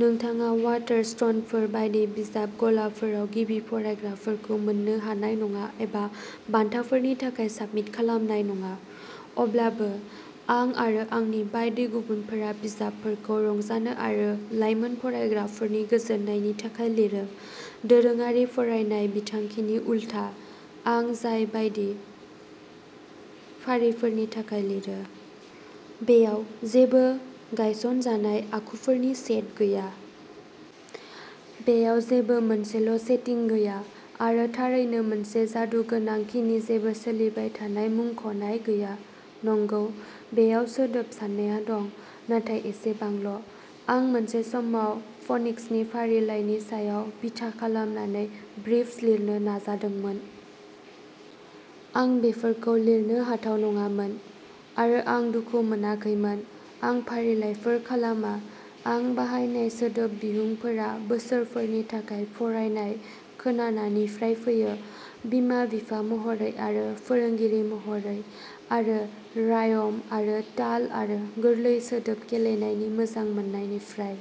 नोंथाङा वाटारस्टोनफोर बायदि बिजाब गलाफोराव गिबि फरायग्राफोरखौ मोन्नो हानाय नङा एबा बान्थाफोरनि थाखाय साबमिट खालामनाय नङा। अब्लाबो, आं-आरो आंनि बायदि गुबुनफोरा-बिजाबफोरखौ रंजानो आरो लाइमोन फरायग्राफोरनि गोजोननायनि थाखाय लिरो। दोरोङारि फरायनाय बिथांखिनि उलथा, आं जाय बायदि फारिफोरनि थाखाय लिरो, बेयाव जेबो गायसनजानाय आखुफोरनि सेट गैया। बेयाव जेबो मोनसेल'सेटिं गैया आरो थारैनो मोनसे जादु गोनां किनि जेबो सोलिबाय थानाय मुंख'नाय गैया। नंगौ, बेयाव सोदोब साननाया दं, नाथाय एसेबांल'। आं मोनसे समाव फ'निक्सनि फारिलाइनि सायाव बिथा खालामनानै ब्रिफ्स लिरनो नाजादोंमोन। आं बेफोरखौ लिरनो हाथाव नङामोन, आरो आं दुखु मोनाखैमोन। आं फारिलाइफोर खालामा। आं बाहायनाय सोदोब बिहुंफोरा बोसोरफोरनि थाखाय फरायनाय खोनानायनिफ्राय फैयो-बिमा-बिफा महरै आरो फोरोंगिरि महरै-आरो रायम आरो ताल आरो गोरलै सोदोब गेलेनायनि मोजां मोन्नायनिफ्राय।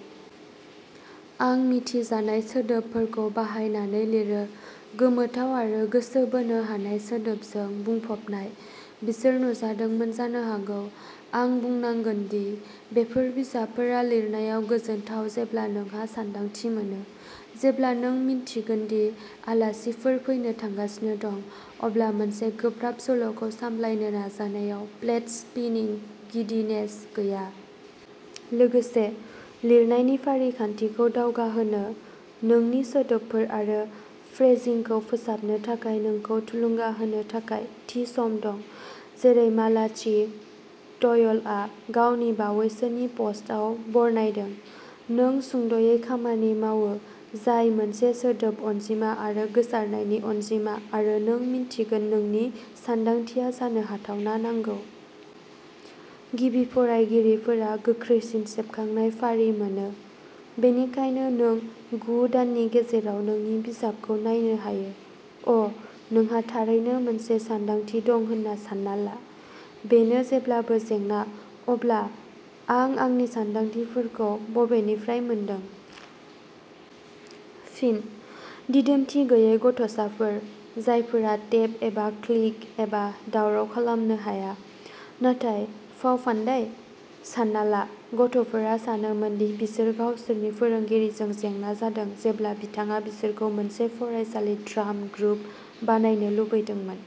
आं मिथिजानाय सोदोबफोरखौ बाहायनानै लिरो, गोमोथाव आरो गोसो बोनो हानाय सोदोबजों बुंफबनाय। बिसोर नुजादोंमोन जानो हागौ। आं बुंनांगोन दि बेफोर बिजाबफोरा लिरनायाव गोजोनथाव जेब्ला नोंहा सानदांथि मोनो। जेब्ला नों मिन्थिगोन दि आलासिफोर फैनो थांगासिनो दं, अब्ला मोनसे गोब्राब सल'खौ सामलायनो नाजानायाव प्लेट-स्पिनिं गिदिनेस गैया। लोगोसे, लिरनायनि फारिखान्थिखौ दावगाहोनो, नोंनि सोदोबफोर आरो फ्रेजिंखौ फोसाबनो थाखाय नोंखौ थुलुंगा होनो थाखाय थि सम दं, जेरै मालाचि डयलआ गावनि बावैसोनि पस्टआव बरनायदों। नों सुंद'यै खामानि मावो-जाय मोनसे सोदोब अनजिमा आरो गोसारनायनि अनजिमा-आरो नों मिन्थिगोन नोंनि सानदांथिया जानो हाथावना नांगौ। गिबि फरायगिरिफोरा गोख्रैसिन सेबखांनाय फारि मोनो, बेनिखायनो नों गु दाननि गेजेराव नोंनि बिजाबखौ नायनो हायो। अ '! नोंहा थारैनो मोनसे सानदांथि दं होन्ना सान्ना ला? बेनो जेब्लाबो जेंना। अब्ला, आं आंनि सानदांथिफोरखौ बबेनिफ्राय मोनदों? फिनः दिदोमथि गैयै गथ'साफोर, जायफोरा टेप एबा क्लिक एबा दावराव खालामनो हाया। नाथाय फावफान्दाय? सानना ला गथ'फोरा सानोमोन दि बिसोर गावसोरनि फोरोंगिरिजों जेंना जादों जेब्ला बिथाङा बिसोरखौ मोनसे फरायसालि ड्राम ग्रुप बानायनो लुबैदोंमोन?